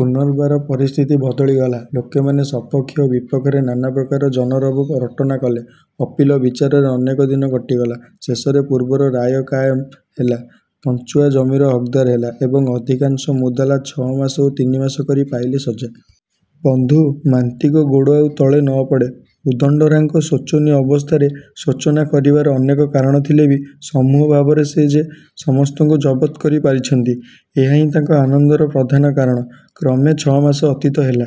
ପୁନର୍ବାର ପରିସ୍ଥିତି ବଦଳିଗଲା। ଲୋକମାନେ ସପକ୍ଷ ଓ ବିପକ୍ଷରେ ନାନାପ୍ରକାର ଜନରବ ରଟନା କଲେ। ଅପୀଲ ବିଚାରରେ ଅନେକ ଦିନ କଟିଗଲା। ଶେଷରେ ପୂର୍ବର ରାୟ କାଏମ ହେଲା। ପଞ୍ଚୁଆ ଜମିର ହକ୍ଦାର ହେଲା ଏବଂ ଅଧିକାଂଶ ମୁଦାଲା ଛ' ମାସ ଓ ତିନିମାସ କରି ପାଇଲେ ସଜା। ବନ୍ଧୁ। ମାନ୍ତିଙ୍କ ଗୋଡ଼ ଆଉ ତଳେ ନ ପଡ଼େ। ଉଦଣ୍ଡରା'ଙ୍କ ଶୋଚନୀୟ ଅବସ୍ଥାରେ ଶୋଚନା କରିବାର ଅନେକ କାରଣ ଥିଲେ ବି ସମୂହ ଭାବରେ ସେ ଯେ ସମସ୍ତଙ୍କୁ ଜବତ୍ କରି ପାରିଛନ୍ତି, ଏହାହିଁ ତାଙ୍କ ଆନନ୍ଦର ପ୍ରଧାନ କାରଣ। କ୍ରମେ ଛମାସ ଅତୀତ ହେଲା।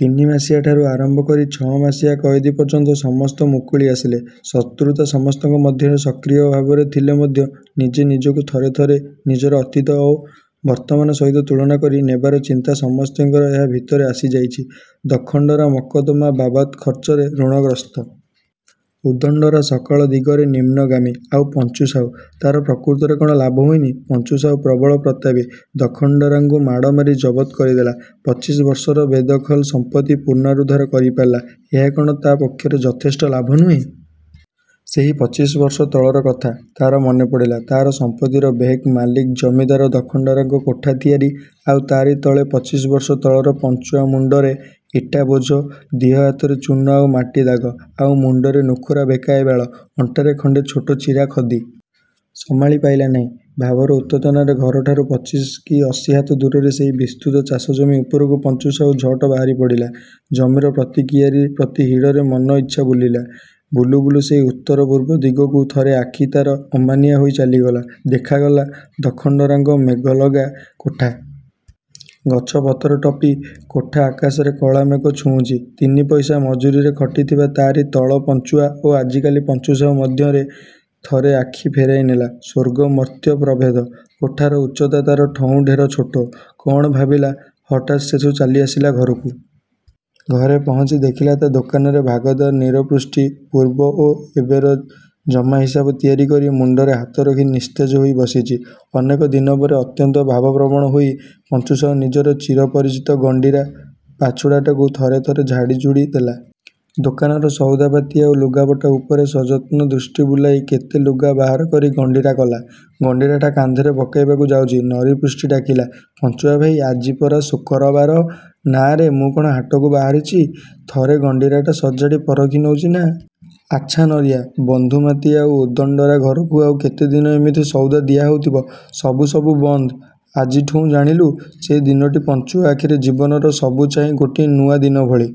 ତିନିମାସିଆଠାରୁ ଆରମ୍ଭ କରି ଛ'ମାସିଆ କୟଦୀ ପର୍ଯ୍ୟନ୍ତ ସମସ୍ତ ମୁକୁଳି ଆସିଲେ। ଶତ୍ରୁତା ସମସ୍ତଙ୍କ ମଧ୍ୟରେ ସକ୍ରିୟ ଭାବରେ ଥିଲେ ମଧ୍ୟ ନିଜନିଜକୁ ଥରେଥରେ ନିଜର ଅତୀତ ଓ ବର୍ତ୍ତମାନ ସହିତ ତୁଳନା କରି ନେବାର ଚିନ୍ତା ସମସ୍ତଙ୍କର ଏହା ଭିତରେ ଆସି ଯାଇଚି। ଦଖଣ୍ଡରା' ମକଦ୍ଦମା ବାବଦ୍ ଖର୍ଚ୍ଚାରେ ଋଣଗ୍ରସ୍ତ। ଉଦଣ୍ଡରା' ସକଳ ଦିଗରେ ନିମ୍ନଗାମୀ। ଆଉ ପଞ୍ଚୁ ସାହୁ, ତାର ପ୍ରକୃତରେ କଣ ଲାଭ ହୋଇନି? ପଞ୍ଚୁ ସାହୁ ପ୍ରବଳ ପ୍ରତାପୀ ଦଖଣ୍ଡରା'ଙ୍କୁ ମାଡ଼ମାରି ଜବତ କରିଦେଲା। ପଚିଶ ବର୍ଷର ବେଦଖଲ ସମ୍ପତ୍ତି ପୁନରୁଦ୍ଧାର କରିପାରିଲା। ଏହା କଣ ତା ପକ୍ଷରେ ଯଥେଷ୍ଟ ଲାଭ ନୁହେଁ? ସେହି ପଚିଶ ବର୍ଷ ତଳର କଥା ତାର ମନେପଡ଼ିଲା। ତାରି ସମ୍ପତ୍ତିର ବେହକ୍ ମାଲିକ ଜମିଦାର ଦଖଣ୍ଡରା'ଙ୍କ କୋଠା ତିଆରି, ଆଉ ତାରି ତଳେ ପଚିଶ ବର୍ଷ ତଳର ପଞ୍ଚୁଆ–ମୁଣ୍ଡରେ ଇଟା ବୋଝ, ଦିହ ହାତରେ ଚୂନ ଆଉ ମାଟି ଦାଗ, ଆଉ ମୁଣ୍ଡରେ ନୁଖୁରା ବେକାଏ ବାଳ, ଅଣ୍ଟାରେ ଖଣ୍ଡେ ଛୋଟ ଚିରା ଖଦୀ। ସମାଳି ପାଇଲା ନାଇଁ, ଭାବର ଉତ୍ତେଜନାରେ ଘରଠାରୁ ପଚାଶ କି ଅଶୀ ହାତ ଦୂର ସେହି ବିସ୍ତୃତ ଚାଷଜମି ଉପରକୁ ପଞ୍ଚୁ ସାହୁ ଝଟ ବାହାରି ପଡ଼ିଲା। ଜମିର ପ୍ରତି କିଆରି ପ୍ରତି ହିଡ଼ରେ ମନ ଇଚ୍ଛା ବୁଲିଲା। ବୁଲୁବୁଲୁ ସେହି ଉତ୍ତର-ପୂର୍ବ ଦିଗକୁ ଥରେ ଆଖି ତାର ଅମାନିଆ ହୋଇ ଚାଲିଗଲା–ଦେଖାଗଲା ଦଖଣ୍ଡରା'ଙ୍କ ମେଘଲଗା କୋଠା। ଗଛ ପତର ଟପି କୋଠା ଆକାଶର କଳାମେଘ ଛୁଉଁଚି। ତିନିପଇସା ମଜୁରିରେ ଖଟିଥିବା ତାରି ତଳ ପଞ୍ଚୁଆ ଓ ଆଜିକାର ପଞ୍ଚୁ ସାହୁ ମଧ୍ୟରେ ଥରେ ଆଖି ଫେରାଇ ନେଲା–ସ୍ଵର୍ଗ, ମର୍ତ୍ତ୍ୟ ପ୍ରଭେଦ। କୋଠାର ଉଚ୍ଚତା ତା ଠଉଁ ଢେର ଛୋଟ। କଣ ଭାବିଲା, ହଠାତ୍ ସେଠୁ ଚାଲି ଆସିଲା ଘରକୁ। ଘରେ ପହଞ୍ଚି ଦେଖିଲା ତା ଦୋକାନର ଭାଗଦାର ନରୀପୃଷ୍ଟି ପୂର୍ବ ଓ ଏବର ଜମା ହିସାବ ତିଆରି କରି ମୁଣ୍ଡରେ ହାତ ରଖି ନିସ୍ତେଜ ହୋଇ ବସିଚି। ଅନେକ ଦିନ ପରେ ଅତ୍ୟନ୍ତ ଭାବପ୍ରବଣ ହୋଇ ପଞ୍ଚୁସାହୁ ନିଜର ଚିରପରିଚିତ ଗଣ୍ଡିରା ପାଛୁଡ଼ାଟାକୁ ଥରେ ଝାଡ଼ିଝୁଡ଼ି ଦେଲା। ଦୋକାନର ସଉଦା ପାତି ଆଉ ଲୁଗାପଟା ଉପରେ ସଯତ୍ନ ଦୃଷ୍ଟି ବୁଲେଇ କେତେକ ଲୁଗା ବାହାର କରି ଗଣ୍ଡିରା କଲା। ଗଣ୍ଡିରାଟା କାନ୍ଧରେ ପକାଇବାକୁ ଯାଉଚି, ନରୀ ପୃଷ୍ଟି ଡାକିଲା–ପଞ୍ଚୁଆ ଭାଇ, ଆଜି ପରା ଶୁକରବାର? –ନାଁରେ, ମୁଁ କଣ ହାଟକୁ ବାହାରୁଚି ଥରେ ଗଣ୍ଡିରାଟା ସଜାଡ଼ି ପରଖି ନଉଚି ନା।... ଆଚ୍ଛା ନରିଆ, ବନ୍ଧୁମା'ନ୍ତି ଆଉ ଉଦଣ୍ଡରା' ଘରକୁ ଆଉ କେତେଦିନ ଏମିତି ସଉଦା ଦିଆ ହଉଥିବ?... ସବୁ–ସବୁ ବନ୍ଦ ଆଜିଠଉଁ–ଜାଣିଲୁ–। ସେଦିନଟି ପଞ୍ଚୁଆ ଆଖିରେ ଜୀବନର ସବୁଚାହିଁ ଗୋଟିଏ ନୂଆ ଦିନଭଳି